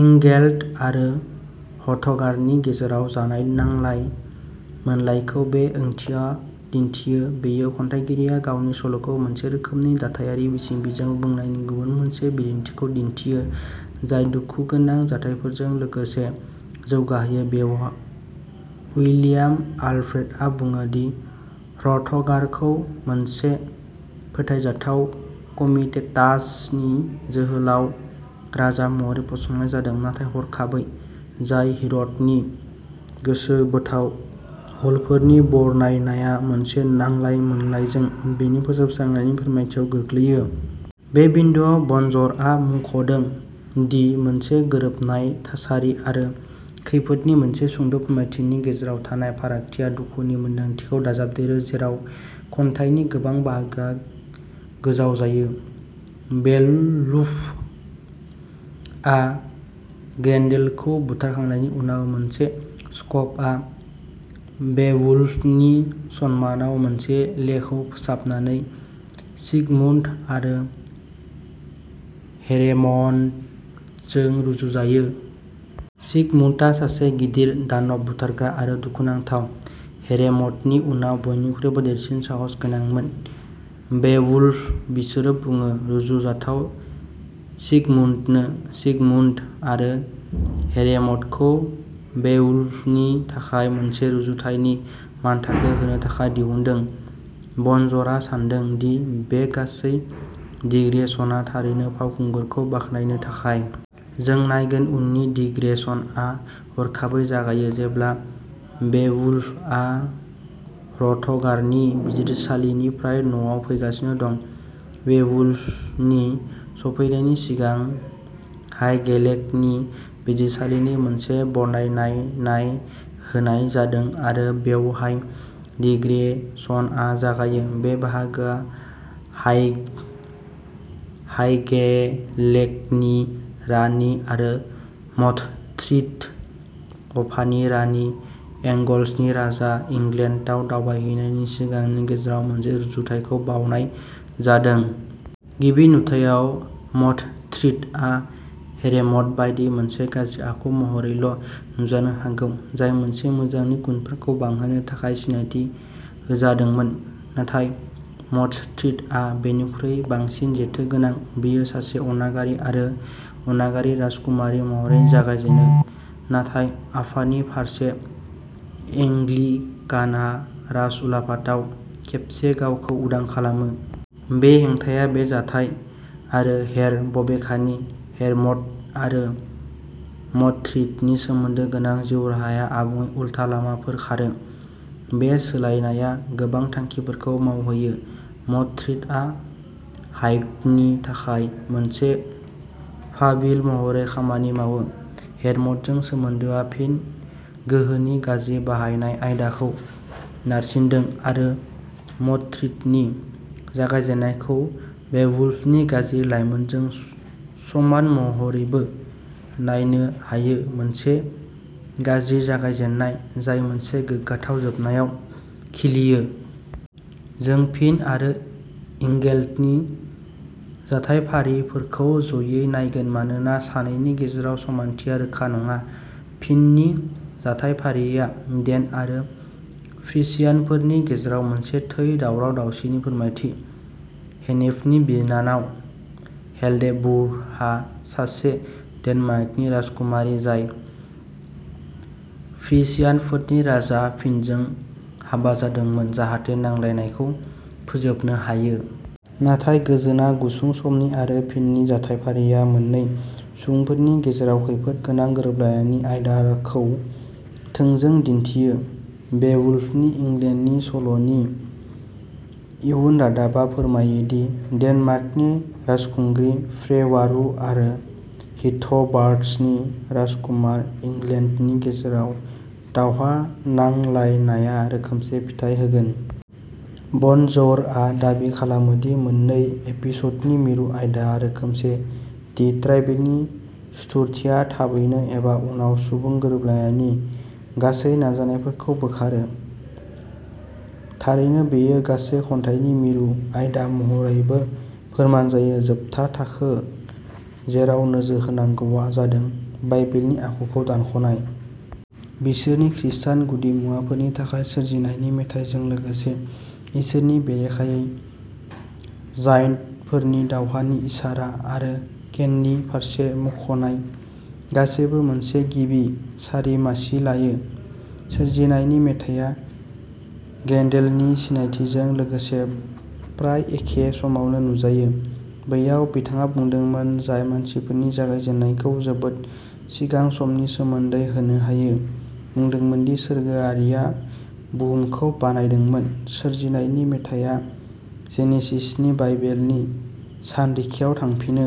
इंगेल्ड आरो ह्र'थगारनि गेजेराव जानाय नांलाय मोनलायखौ बे ओंथिआ दिन्थियो। बेयो खन्थाइगिरिया गावनि सल'खौ मोनसे रोखोमनि दाथायारि बिसम्बिजों बुंनायनि गुबुन मोनसे बिदिन्थिखौ दिन्थियो, जाय दुखुगोनां जाथायफोरजों लोगोसे जौगाहोयो। बेयाव, उइलियाम आलफ्रेडआ बुङो दि ह्र'थगारखौ मोनसे फोथायजाथाव कमिटेटासनि जोहोलाव राजा महरै फसंनाय जादों, नाथाय हरखाबै, जाय हिर'टनि गोसो बोथाव हलफोरनि बरनायनाया मोनसे नांलाय मोनलायजों बेनि फोजोबस्रांनायनि फोरमायथियाव गोग्लैयो। बे बिन्दोआव, बनज'रआ मुंख'दों दि मोनसे गोरोबनाय थासारि आरो खैफोदनि मोनसे सुंद' फोरमायथिनि गेजेराव थानाय फारागथिया दुखुनि मोनदांथिखौ दाजाबदेरो जेराव खन्थाइनि गोबां बाहागोआ गोजाव जायो। बेवुल्फआ ग्रेन्डेलखौ बुथारखांनायनि उनाव, मोनसे स्क'पआ बेवुल्फनि सन्मानाव मोनसे लेखौ फोसाबनानै सिगमुन्ड आरो हेरेम'डजों रुजुजायो। सिगमुन्डआ सासे गिदिर दानब बुथारग्रा आरो दुखुनांथाव हेरेम'डनि उनाव बयनिख्रुइबो देरसिन साहस गोनांमोन। बेवुल्फ, बिसोरो बुङो, रुजुजाथाव सिगमुन्डनो। सिगमुन्ड आरो हेरेम'डखौ बेवुल्फनि थाखाय मोनसे रुजुथायनि मानथाखो होनो थाखाय दिहुनदों। बनज'रआ सान्दों दि बे गासै दिग्रेशनआ थारैनो फावखुंगुरखौ बाख्नायनो थाखाय। जों नायगोन उननि दिग्रेशनआ हरखाबै जागायो जेब्ला बेवुल्फआ ह्र'थगारनि बिजिरसालिनिफ्राय न'आव फैगासिनो दं। बेवुल्फनि सफैनायनि सिगां हाइगेलेकनि बिजिरसालिनि मोनसे बरनायनायनाय होनाय जादों आरो बेवहाय दिग्रेशनआ जागायो। बे बाहागोआ हाइग्ड, हाइगेलेकनि रानि आरो म'धथ्रिथ, अफानि रानि, एंगल्सनि राजा, इंलेन्डआव दावबायहैनायनि सिगांनि गेजेराव मोनसे रुजुथायखौ बावनाय जादों। गिबि नुथायाव, म'धथ्रिथआ हेरेम'ड बायदि, मोनसे गाज्रि आखु महरैल' नुजानो हागौ, जाय मोनसे मोजांनि गुनफोरखौ बांहोनो थाखाय सिनायथि होजादोंमोन। नाथाय म'धथ्रिथआ बेनिख्रुइ बांसिन जेथो गोनां। बियो सासे अनागारि आरो अनागारि राजकुमारि महरै जागायजेनो, नाथाय आफानि फारसे एंग्लिकान राजउलाफादाव खेबसे गावखौ उदां खालामो। बे हेंथाया बे जाथाय आरो हेर बबेखानि, हेरेम'ड आरो मडथ्रिथनि सोमोन्दो गोनां जिउ राहाया आबुङै उल्था लामाफोर खारो। बे सोलायनाया गोबां थांखिफोरखौ मावहोयो मडथ्रिथआ हाइग्डनि थाखाय मोनसे फाविल महरै खामानि मावो, हेरेम'डजों सोमोन्दोआ फिन गोहोनि गाज्रि बाहायनाय आयदाखौ नारसिनदों आरो मडथ्रिथनि जागायजेन्नायखौ बेवुल्फनि गाज्रि लाइमोनजों समान महरैबो नायनो हायो, मोनसे गाज्रि जागायजेन्नाय जाय मोनसे गोग्गाथाव जोबनायाव खिलियो। जों फिन आरो इंगेल्डनि जाथायफारिफोरखौ ज'यै नायगोन मानोना सानैनि गेजेराव समानथिया रोखा नङा। फिननि जाथायफारिआ डेन आरो फ्रिसियानफोरनि गेजेराव मोनसे थै दावराव दावसिनि फोरमायथि। हेनेफनि बिनानाव, हिल्डेबुर्हआ सासे डेनमार्कनि राजकुमारि, जाय फ्रिशियानफोरनि राजा फिनजों हाबा जादोंमोन, जाहाथे नांलायलायनायखौ फोजोबनो हायो। नाथाय, गोजोनआ गुसुं समनि आरो फिननि जाथायफारिआ मोन्नै सुबुंफोरनि गेजेराव खैफोद गोनां गोरोबलायनायनि आयदाखौ थोंजों दिन्थियो। बेवुल्फनि इंगेल्डनि सल'नि इयुन रादाबआ फोरमायो दि डेनमार्कनि राजखुंग्रि फ्रेवारू आरो हीथ'बार्ड्सनि राजकुमार इंगेल्डनि गेजेराव दावहा नांलायनाया रोखोमसे फिथाय होगोन। बनजौरआ दाबि खालामो दि मोन्नै एपिस'डनि मिरु आयदाआ रोखोमसे, दि ट्राइबेलनि सुथुरथिया थाबैनो एबा उनाव सुबुं गोरोबलायनायनि गासैबो नाजानायफोरखौ बोखारो। थारैनो, बेयो गासै खन्थाइनि मिरु आयदा महरैबो फोरमान जायो। जोबथा थाखो जेराव नोजोर होनांगौआ जादों बाइबेलनि आखुखौ दानख'नाय। बिसोरनि खृस्टान गुदिमुवाफोरनि थाखाय, सोरजिनायनि मेथाइजों लोगोसे इसोरनि बेरेखायै जायन्टफोरनि दावहानि इसारा आरो केननि फारसे मुंख'नाय गासैबो मोनसे गिबि सारि मासि लायो। सोरजिनायनि मेथाइया ग्रेंडेलनि सिनायथिजों लोगोसे प्राय एखे समावनो नुजायो, बैयाव बिथाङा बुंदोंमोन जाय मानसिफोरनि जागायजेन्नायखौ जोबोद सिगां समनि सोमोन्दो होनो हायो, बुंदोंमोन दि सोरगोआरिआ बुहुमखौ बानायदोंमोन, सोरजिनायनि मेथाइया जेनेसिसनि बाइबेलनि सानरिखियाव थांफिनो।